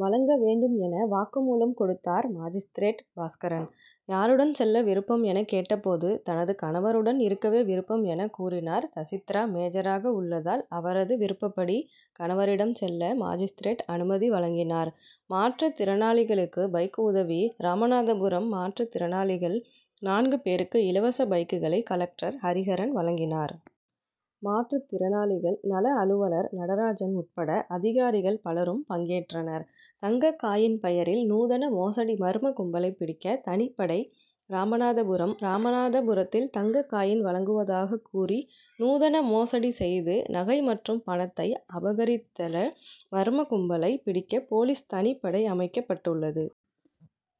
வழங்க வேண்டும் என வாக்குமூலம் கொடுத்தார். மாஜிஸ்திரேட் பாஸ்கரன் யாருடன் செல்ல விருப்பம் என கேட்டபோது தனது கணவருடன் இருக்கவே விருப்பம் என, கூறினார். சசித்ரா மேஜராக உள்ளதால் அவரது விருப்பபடி கணவரிடம் செல்ல மாஜிஸ்திரேட் அனுமதி வழங்கினார். மாற்று திறனாளிகளுக்கு பைக் உதவி ராமநாதபுரம் மாற்று திறனாளிகள் நான்கு பேருக்கு இலவச பைக்குகளை கலெக்டர் ஹரிஹரன் வழங்கினார். மாற்று திறனாளிகள் நலஅலுவலர் நடராஜன் உட்பட அதிகாரிகள் பலரும் பங்கேற்றனர். தங்க காயின் பெயரில் நூதன மோசடிமர்ம கும்பலை பிடிக்க தனிப்படை ராமநாதபுரம் ராமநாதபுரத்தில் தங்க காயின் வழங்குவதாக கூறி நூதன மோசடி செய்து நகை மற்றும் பணத்தை அபகரித்தழ மர்ம கும்பலை பிடிக்க போலீஸ் தனிப்படை அமைக்கப் பட்டுள்ளது.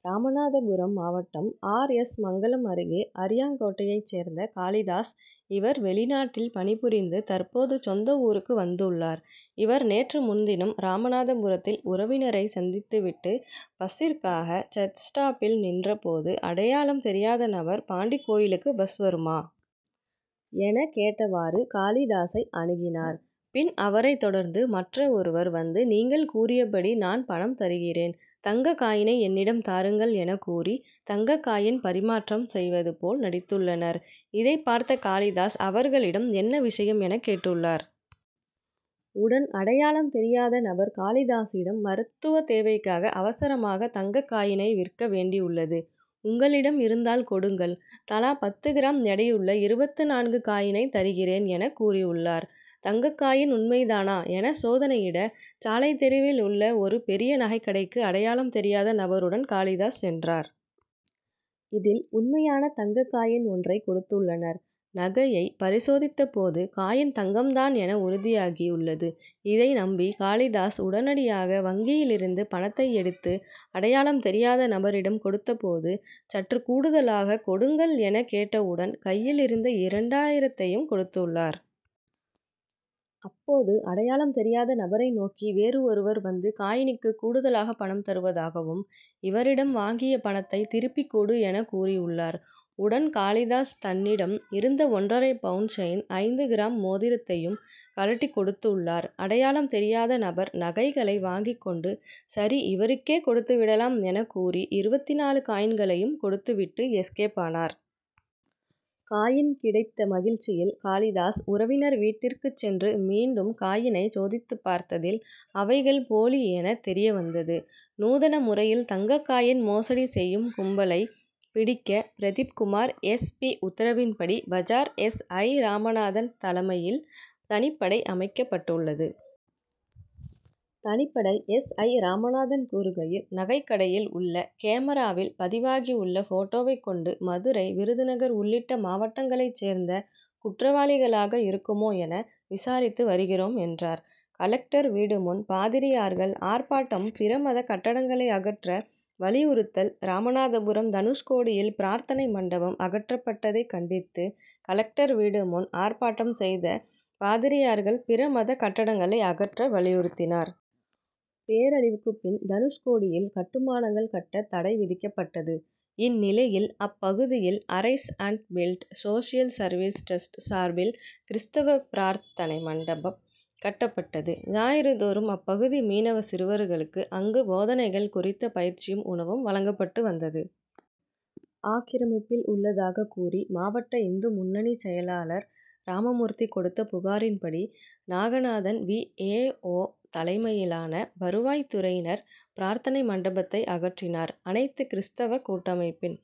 ராமநாதபுரம் மாவட்டம் ஆர். எஸ். மங்கலம் அருகே அரியாங்கோட்டையை சேர்ந்த காளிதாஸ். இவர் வெளிநாட்டில் பணிபுரிந்து தற்போது சொந்த ஊருக்கு வந்துள்ளார். இவர் நேற்றுமுன்தினம் ராமநாதபுரத்தில் உறவினரை சந்தித்து விட்டு பஸ்சிற்காக சர்ச் ஸ்டாப்பில் நின்ற போது அடையாளம் தெரியாத நபர் பாண்டி கோயிலுக்கு பஸ் வருமா? என கேட்டவாறு காளிதாசை அணுகினார். பின் அவரை தொடர்ந்து மற்ற ஒருவர் வந்து நீங்கள் கூறியபடி நான் பணம் தருகிறேன், தங்க காயினை என்னிடம் தாருங்கள் என கூறி தங்க காயின் பறிமாற்றம் செய் வது போல் நடித்துள்ளனர். இதை பார்த்த காளிதாஸ் அவர்களிடம் என்ன விஷயம் என கேட்டுள்ளார். உடன் அடையாளம் தெரியாத நபர் காளிதாசிடம் மருத்துவ தேவைக்காக அவசரமாக தங்க காயினை விற்க வேண்டியுள்ளது. உங்களிடம் இருந்தால் கொடுங்கள் தலா பத்து கிராம் எடையுள்ள இருபத்து நான்கு காயினை தருகிறேன் என கூறியுள்ளார். தங்ககாயின் உண்மைதானா என சோதனையிட சாலை தெருவில் உள்ள ஒரு பெரிய நகை கடைக்கு அடையாளம் தெரியாத நபருடன் காளிதாஸ் சென்றார். இதில் உண்மையான தங்க காயின் ஒன்றை கொடுத்துள்ளனர். நகையை பரிசோதித்தபோது காயின் தங்கம்தான் என உறுதியாகி உள்ளது. இதை நம்பி காளிதாஸ் உடனடியாக வங்கியிலிருந்து பணத்தை எடுத்து அடையாளம் தெரியாத நபரிடம் கொடுத்தபோது சற்று கூடுதலாக கொடுங்கள் என கேட்டவுடன் கையிலிருந்த இரண்டாயிரத்தையும் கொடுத்துள்ளார். அப்போது அடையாளம் தெரியாத நபரை நோக்கி வேறு ஒருவர் வந்து காயினுக்கு கூடுதலாக பணம் தருவதாகவும், இவரிடம் வாங்கிய பணத்தை திருப்பி கொடு என கூறியுள்ளார். உடன் காளிதாஸ் தன்னிடம் இருந்த ஒன்றரை பவுன் செயின், ஐந்து கிராம் மோதிரத்தையும் கழட்டி கொடுத்துள்ளார். அடையாளம் தெரியாதநபர் நகைகளை வாங்கி கொண்டு சரி இவருக்கே கொடுத்துவிடலாம் என கூறி இருப்பது நான்கு காயின்களையும் கொடுத்துவிட்டு எஸ்கேப் ஆனார். காயின் கிடைத்த மகிழ்ச்சியில் காளிதாஸ் உறவினர் வீட்டிற்கு சென்று மீண்டும் காயினை சோதித்து பார்த்ததில் அவைகள் போலி என தெரியவந்தது. நூதன முறையில் தங்க காயின் மோசடி செய்யும் கும்பலை பிடிக்க பிரதீப்குமார் எஸ். பி., உத்தரவின் படி பஜார் எஸ். ஐ.,ராமநாதன் தலைமையில் தனிப்படை அமைக்கப் பட்டுள்ளது. தனிப்படை எஸ். ஐ., ராமநாதன் கூறுகையில் நகை கடையில் உள்ள கேமராவில் பதிவாகியுள்ள போட்டோவை கொண்டு மதுரை, விருதுநகர் உள்ளிட்ட மாவட்டங் களை சேர்ந்த குற்றவாளிகளாக இருக்குமோ என விசாரித்து வருகிறோம் என்றார். கலெக்டர் வீடு முன் பாதிரியார்கள் ஆர்ப்பாட்டம் பிறமத கட்டடங்களை அகற்ற வலியுறுத்தல் ராமநாதபுரம் தனுஷ்கோடியில் பிரார்த்தனை மண்டபம் அகற்றப்பட்டதை கண் டித்து கலெக்டர் வீடு முன் ஆர்ப்பாட்டம் செய்த பாதிரியார்கள், பிற மத கட்டடங்களை அகற்ற, வலியுறுத்தினார். பேரழிவுக்கு பின் தனுஷ்கோடியில் கட்டுமானங்கள் கட்ட தடை விதிக்கப்பட்டது. இந்நிலையில், அப்பகுதியில் arise and build social service trust' சார்பில் கிறிஸ்தவ பிரார்த் தனை மண்டபம் கட்டப்பட்டது. ஞாயிறு தோறும் அப்பகுதி மீனவ சிறுவர்களுக்கு அங்கு போதனைகள் குறித்த பயிற்சியும், உணவும் வழங்கப்பட்டு வந்தது. ஆக்கிரமிப்பில் உள்ளதாக கூறி மாவட்ட இந்து முன்னணி செயலாளர் ராமமூர்த்தி கொடுத்த புகாரின் படி, நாகநாதன் வி. ஏ. ஓ., தலைமையிலான வருவாய் துறையினர் பிரார்த்தனை மண்டபத்தை அகற்றினர். அனைத்து கிறிஸ்தவ கூட்டமைப்பின்